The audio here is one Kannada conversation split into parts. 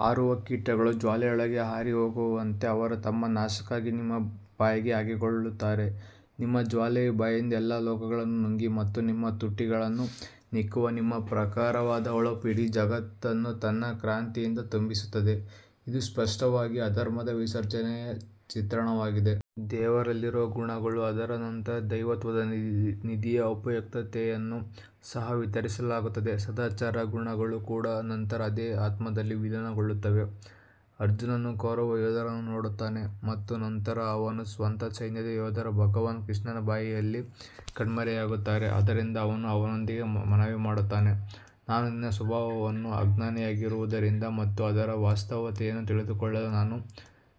ಹಾರುವ ಕೀಟಗಳು ಜ್ವಾಲೆಯೊಳಗೆ ಹಾರಿಹೋಗುವಂತೆ ಅವರು ತಮ್ಮ ನಾಶಕ್ಕಾಗಿ ನಿಮ್ಮ ಬಾಯಿಗೆ ಹಾಕಿಕೊಳ್ಳುತ್ತಾರೆ ನಿಮ್ಮ ಜ್ವಾಲೆಯ ಬಾಯಿಯಿಂದ ಎಲ್ಲಾ ಲೋಕಗಳನ್ನು ನುಂಗಿ ಮತ್ತು ನಿಮ್ಮ ತುಟಿಗಳನ್ನು ನೆಕ್ಕುವ ನಿಮ್ಮ ಪ್ರಖರವಾದ ಹೊಳಪು ಇಡೀ ಜಗತ್ತನ್ನು ತನ್ನ ಕಾಂತಿಯಿಂದ ತುಂಬಿಸುತ್ತಿದೆ ಇದು ಸ್ಪಷ್ಟವಾಗಿ ಅಧರ್ಮದ ವಿಸರ್ಜನೆಯ ಚಿತ್ರಣವಾಗಿದೆ ದೇವರಲ್ಲಿರುವ ಗುಣಗಳು ಅದರ ನಂತರ ದೈವತ್ವದ ನಿಧಿಯ ಉಪಯುಕ್ತತೆಯನ್ನು ಸಹ ವಿತರಿಸಲಾಗುತ್ತದೆ ಸದಾಚಾರ ಗುಣಗಳು ಕೂಡ ನಂತರ ಅದೇ ಆತ್ಮದಲ್ಲಿ ವಿಲೀನಗೊಳ್ಳುತ್ತವೆ ಅರ್ಜುನನು ಕೌರವ ಯೋಧರನ್ನು ನೋಡುತ್ತಾನೆ ಮತ್ತು ನಂತರ ಅವನ ಸ್ವಂತ ಸೈನ್ಯದ ಯೋಧರು ಭಗವಾನ್ ಕೃಷ್ಣನ ಬಾಯಿಯಲ್ಲಿ ಕಣ್ಮರೆಯಾಗುತ್ತಾರೆ ಆದ್ದರಿಂದ ಅವನು ಅವನೊಂದಿಗೆ ಮನವಿ ಮಾಡುತ್ತಾನೆ ನಾನು ನಿನ್ನ ಸ್ವಭಾವವನ್ನು ಅಜ್ಞಾನಿಯಾಗಿರುವುದರಿಂದ ಮತ್ತು ಅದರ ವಾಸ್ತವತೆಯನ್ನು ತಿಳಿದುಕೊಳ್ಳಲು ನಾನು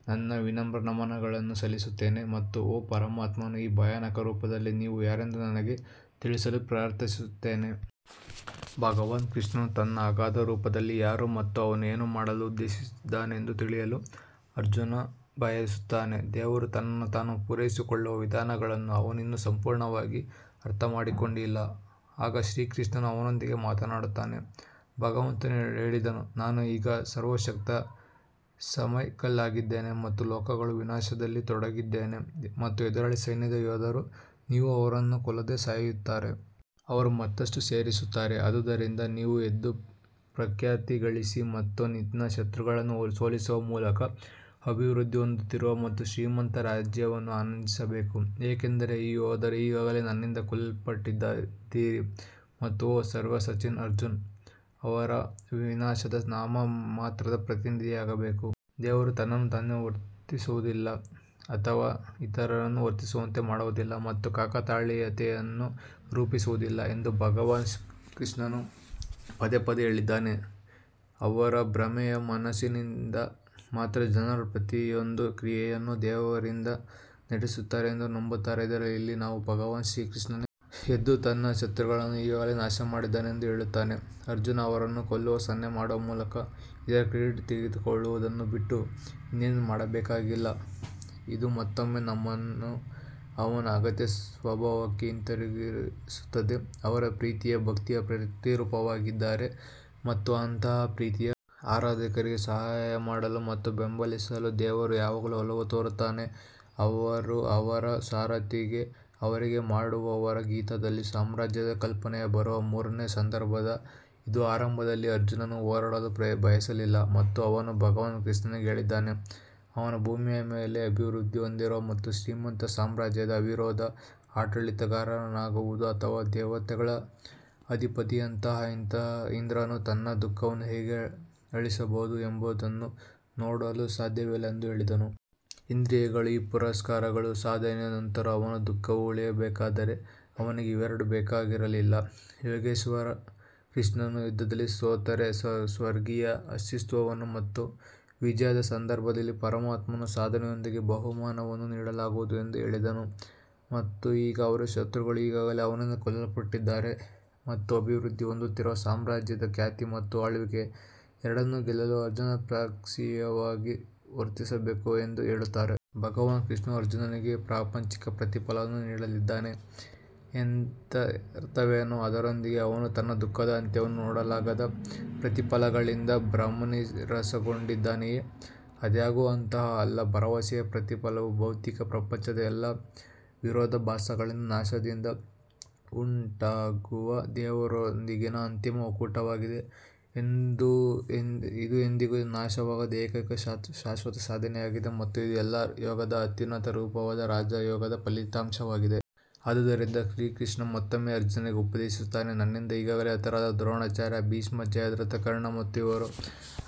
ನನ್ನ ವಿನಮ್ರ ನಮನಗಳನ್ನು ಸಲ್ಲಿಸುತ್ತೇನೆ ಮತ್ತು ಓ ಪರಮಾತ್ಮನು ಈ ಭಯಾನಕ ರೂಪದಲ್ಲಿ ನೀವು ಯಾರೆಂದು ನನಗೆ ತಿಳಿಸಲು ಪ್ರಾರ್ಥಿಸುತ್ತೇನೆ. ಭಗವಾನ್ ಕೃಷ್ಣನು ತನ್ನ ಅಗಾಧ ರೂಪದಲ್ಲಿ ಯಾರು ಮತ್ತು ಅವನು ಏನು ಮಾಡಲು ಉದ್ದೇಶಿಸಿದ್ದಾನೆಂದು ತಿಳಿಯಲು ಅರ್ಜುನ್ ಬಯಸುತ್ತಾನೆ ದೇವರು ತನ್ನನ್ನು ತಾನು ಪೂರೈಸಿಕೊಳ್ಳುವ ವಿಧಾನಗಳನ್ನು ಅವನು ಇನ್ನೂ ಸಂಪೂರ್ಣವಾಗಿ ಅರ್ಥಮಾಡಿಕೊಂಡಿಲ್ಲ ಆಗ ಶ್ರೀಕೃಷ್ಣನು ಅವನೊಂದಿಗೆ ಮಾತನಾಡುತ್ತಾನೆ ಭಗವಂತನು ಹೇಳಿದನು ನಾನು ಈಗ ಸರ್ವಶಕ್ತ ಸಮಯ ಕಲ್ ಆಗಿದ್ದೇನೆ ಮತ್ತು ಲೋಕಗಳ ವಿನಾಶದಲ್ಲಿ ತೊಡಗಿದ್ದೇನೆ ಮತ್ತು ಎದುರಾಳಿ ಸೈನ್ಯದ ಯೋಧರು ನೀವು ಅವರನ್ನು ಕೊಲ್ಲದೆ ಸಾಯುತ್ತಾರೆ. ಅವರು ಮತ್ತಷ್ಟು ಸೇರಿಸುತ್ತಾರೆ ಆದುದರಿಂದ ನೀನು ಎದ್ದು ಪ್ರಖ್ಯಾತಿ ಗಳಿಸಿ ಮತ್ತು ನಿನ್ನ ಶತ್ರುಗಳನ್ನು ಸೋಲಿಸುವ ಮೂಲಕ ಅಭಿವೃದ್ಧಿ ಹೊಂದುತ್ತಿರುವ ಮತ್ತು ಶ್ರೀಮಂತ ರಾಜ್ಯವನ್ನು ಆನಂದಿಸಬೇಕು ಏಕೆಂದರೆ ಈ ಯೋಧರು ಈಗಾಗಲೇ ನನ್ನಿಂದ ಕೊಲ್ಲಲ್ಪಟ್ಟಿದ್ದೀರಿ ಮತ್ತು ಓ ಸವ್ಯಸಚಿನ್ ಅರ್ಜುನ್ ಅವರ ವಿನಾಶದ ನಾಮಮಾತ್ರದ ಪ್ರತಿನಿಧಿಯಾಗಬೇಕು. ದೇವರು ತನ್ನನ್ನು ತಾನೇ ವರ್ತಿಸುವುದಿಲ್ಲ ಅಥವಾ ಇತರರನ್ನು ವರ್ತಿಸುವಂತೆ ಮಾಡುವುದಿಲ್ಲ ಮತ್ತು ಕಾಕತಾಳೀಯತೆಯನ್ನು ರೂಪಿಸುವುದಿಲ್ಲ ಎಂದು ಭಗವಾನ್ ಕೃಷ್ಣನು ಪದೇ ಪದೇ ಹೇಳಿದ್ದಾನೆ. ಅವರ ಭ್ರಮೆಯ ಮನಸ್ಸಿನಿಂದ ಮಾತ್ರ ಜನರು ಪ್ರತಿಯೊಂದು ಕ್ರಿಯೆಯನ್ನು ದೇವರಿಂದ ನಡೆಸುತ್ತಾರೆ ಎಂದು ನಂಬುತ್ತಾರೆ ಆದರೆ ಇಲ್ಲಿ ನಾವು ಭಗವಾನ್ ಶ್ರೀಕೃಷ್ಣನೇ ಎದ್ದು ತನ್ನ ಶತ್ರುಗಳನ್ನು ಈಗಾಗಲೇ ನಾಶಮಾಡಿದ್ದಾನೆ ಎಂದು ಹೇಳುತ್ತಾನೆ ಅರ್ಜುನ್ ಅವರನ್ನು ಕೊಲ್ಲುವ ಸನ್ನೆ ಮಾಡುವ ಮೂಲಕ ಇದರ ಕ್ರೆಡಿಟ್ ತೆಗೆದುಕೊಳ್ಳುವುದನ್ನು ಬಿಟ್ಟು ಇನ್ನೇನೂ ಮಾಡಬೇಕಾಗಿಲ್ಲ ಇದು ಮತ್ತೊಮ್ಮೆ ನಮ್ಮನ್ನು ಅವನ ಅಗತ್ಯ ಸ್ವಭಾವಕ್ಕೆ ಹಿಂತಿರುಗಿಸುತ್ತದೆ ಅವರು ಪ್ರೀತಿಯ ಭಕ್ತಿಯ ಪ್ರತಿರೂಪವಾಗಿದ್ದಾರೆ ಮತ್ತು ಅಂತಹ ಪ್ರೀತಿಯ ಆರಾಧಕರಿಗೆ ಸಹಾಯ ಮಾಡಲು ಮತ್ತು ಬೆಂಬಲಿಸಲು ದೇವರು ಯಾವಾಗಲೂ ಒಲವು ತೋರುತ್ತಾನೆ ಅವರು ಅವರ ಸಾರಥಿ ಅವರಿಗೆ ಮಾಡುವವರು ಗೀತಾದಲ್ಲಿ ಸಾಮ್ರಾಜ್ಯದ ಕಲ್ಪನೆಯು ಬರುವ ಮೂರನೇ ಸಂದರ್ಭ ಇದು ಆರಂಭದಲ್ಲಿ ಅರ್ಜುನನು ಹೋರಾಡಲು ಬಯಸಲಿಲ್ಲ ಮತ್ತು ಅವನು ಭಗವಾನ್ ಕೃಷ್ಣನಿಗೆ ಹೇಳಿದನು ಅವನು ಭೂಮಿಯ ಮೇಲೆ ಅಭಿವೃದ್ಧಿ ಹೊಂದುತ್ತಿರುವ ಮತ್ತು ಶ್ರೀಮಂತ ಸಾಮ್ರಾಜ್ಯದ ಅವಿರೋಧ ಆಡಳಿತಗಾರನಾಗುವುದು ಅಥವಾ ದೇವತೆಗಳ ಅಧಿಪತಿಯಂತಹ ಇಂದ್ರನು ತನ್ನ ದುಃಖವನ್ನು ಹೇಗೆ ಅಳಿಸಬಹುದು ಎಂಬುದನ್ನು ನೋಡಲು ಸಾಧ್ಯವಿಲ್ಲ ಎಂದು ಹೇಳಿದನು. ಇಂದ್ರಿಯಗಳು ಈ ಪುರಸ್ಕಾರಗಳ ಸಾಧನೆಯ ನಂತರವೂ ಅವನ ದುಃಖವು ಉಳಿಯಬೇಕಾದರೆ ಅವನಿಗೆ ಇವೆರಡೂ ಬೇಕಾಗಿರಲಿಲ್ಲ ಯೋಗೇಶ್ವರ್ ಕೃಷ್ಣನು ಯುದ್ಧದಲ್ಲಿ ಸೋತರೆ ಸ್ವರ್ಗೀಯ ಅಸ್ತಿತ್ವವನ್ನು ಮತ್ತು ವಿಜಯದ ಸಂದರ್ಭದಲ್ಲಿ ಪರಮಾತ್ಮನ ಸಾಧನೆಯೊಂದಿಗೆ ಬಹುಮಾನವನ್ನು ನೀಡಲಾಗುವುದು ಎಂದು ಹೇಳಿದರು. ಮತ್ತು ಈಗ ಅವರು ಶತ್ರುಗಳು ಈಗಾಗಲೇ ಅವನಿಂದ ಕೊಲ್ಲಲ್ಪಟ್ಟಿದ್ದಾರೆ ಮತ್ತು ಅಭಿವೃದ್ಧಿ ಹೊಂದುತ್ತಿರುವ ಸಾಮ್ರಾಜ್ಯದ ಖ್ಯಾತಿ ಮತ್ತು ಆಳ್ವಿಕೆ ಎರಡನ್ನೂ ಗೆಲ್ಲಲು ಅರ್ಜುನ್ ಪ್ರಾಕ್ಸಿಯಾಗಿ ವರ್ತಿಸಬೇಕು ಎಂದು ಹೇಳುತ್ತಾರೆ. ಭಗವಾನ್ ಕೃಷ್ಣನು ಅರ್ಜುನನಿಗೆ ಪ್ರಾಪಂಚಿಕ ಪ್ರತಿಫಲವನ್ನು ನೀಡಲಿದ್ದಾನೆ ಎಂದರ್ಥವೇನೋ ಅದರೊಂದಿಗೆ ಅವನು ತನ್ನ ದುಃಖದ ಅಂತ್ಯವನ್ನು ನೋಡಲಾಗದ ಪ್ರತಿಫಲಗಳಿಂದ ಭ್ರಮನಿರಸನಗೊಂಡಿದ್ದಾನೆಯೇ? ಆದಾಗ್ಯೂ ಅಂತಹವು ಅಲ್ಲ ಭರವಸೆಯ ಪ್ರತಿಫಲವು ಭೌತಿಕ ಪ್ರಪಂಚದ ಎಲ್ಲಾ ವಿರೋಧಾಭಾಸಗಳ ನಾಶದಿಂದ ಉಂಟಾಗುವ ದೇವರೊಂದಿಗಿನ ಅಂತಿಮ ಒಕ್ಕೂಟವಾಗಿದೆ. ಇದು ಎಂದಿಗೂ ನಾಶವಾಗದ ಏಕೈಕ ಶಾಶ್ವತ ಸಾಧನೆಯಾಗಿದೆ ಮತ್ತು ಇದು ಎಲ್ಲಾ ಯೋಗದ ಅತ್ಯುನ್ನತ ರೂಪವಾದ ರಾಜ ಯೋಗದ ಫಲಿತಾಂಶವಾಗಿದೆ. ಆದುದರಿಂದ ಶ್ರೀಕೃಷ್ಣನು ಮತ್ತೊಮ್ಮೆ ಅರ್ಜುನನಿಗೆ ಉಪದೇಶಿಸುತ್ತಾನೆ ನನ್ನಿಂದ ಈಗಾಗಲೇ ಹತರಾದ ದ್ರೋಣಾಚಾರ್ಯ ಭೀಷ್ಮ ಜಯದ್ರಥ ಕರ್ಣ ಮತ್ತು ಇತರ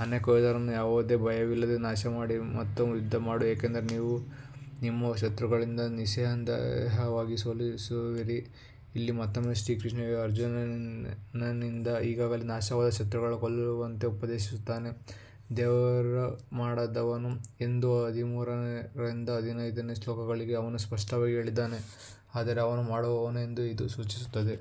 ಅನೇಕ ಯೋಧರನ್ನು ಯಾವುದೇ ಭಯವಿಲ್ಲದೆ ನಾಶಮಾಡಿ ಮತ್ತು ಯುದ್ಧ ಮಾಡು ಏಕೆಂದರೆ ನೀವು ನಿಮ್ಮ ಶತ್ರುಗಳನ್ನು ನಿಸ್ಸಂದೇಹವಾಗಿ ಸೋಲಿಸುವಿರಿ. ಇಲ್ಲಿ ಮತ್ತೊಮ್ಮೆ ಶ್ರೀಕೃಷ್ಣನು ಅರ್ಜುನನಿಂದ ಈಗಾಗಲೇ ನಾಶವಾದ ಶತ್ರುಗಳನ್ನು ಕೊಲ್ಲುವಂತೆ ಉಪದೇಶಿಸುತ್ತಾನೆ ದೇವರು ಮಾಡದವನು ಎಂದು ಹದಿಮೂರರಿಂದ ಹದಿನೈದನೇ ಶ್ಲೋಕಗಳಲ್ಲಿ ಅವನು ಸ್ಪಷ್ಟವಾಗಿ ಹೇಳಿದ್ದಾನೆ ಆದರೆ ಅವನು ಮಾಡುವವನು ಎಂದು ಇದು ಸೂಚಿಸುತ್ತದೆ.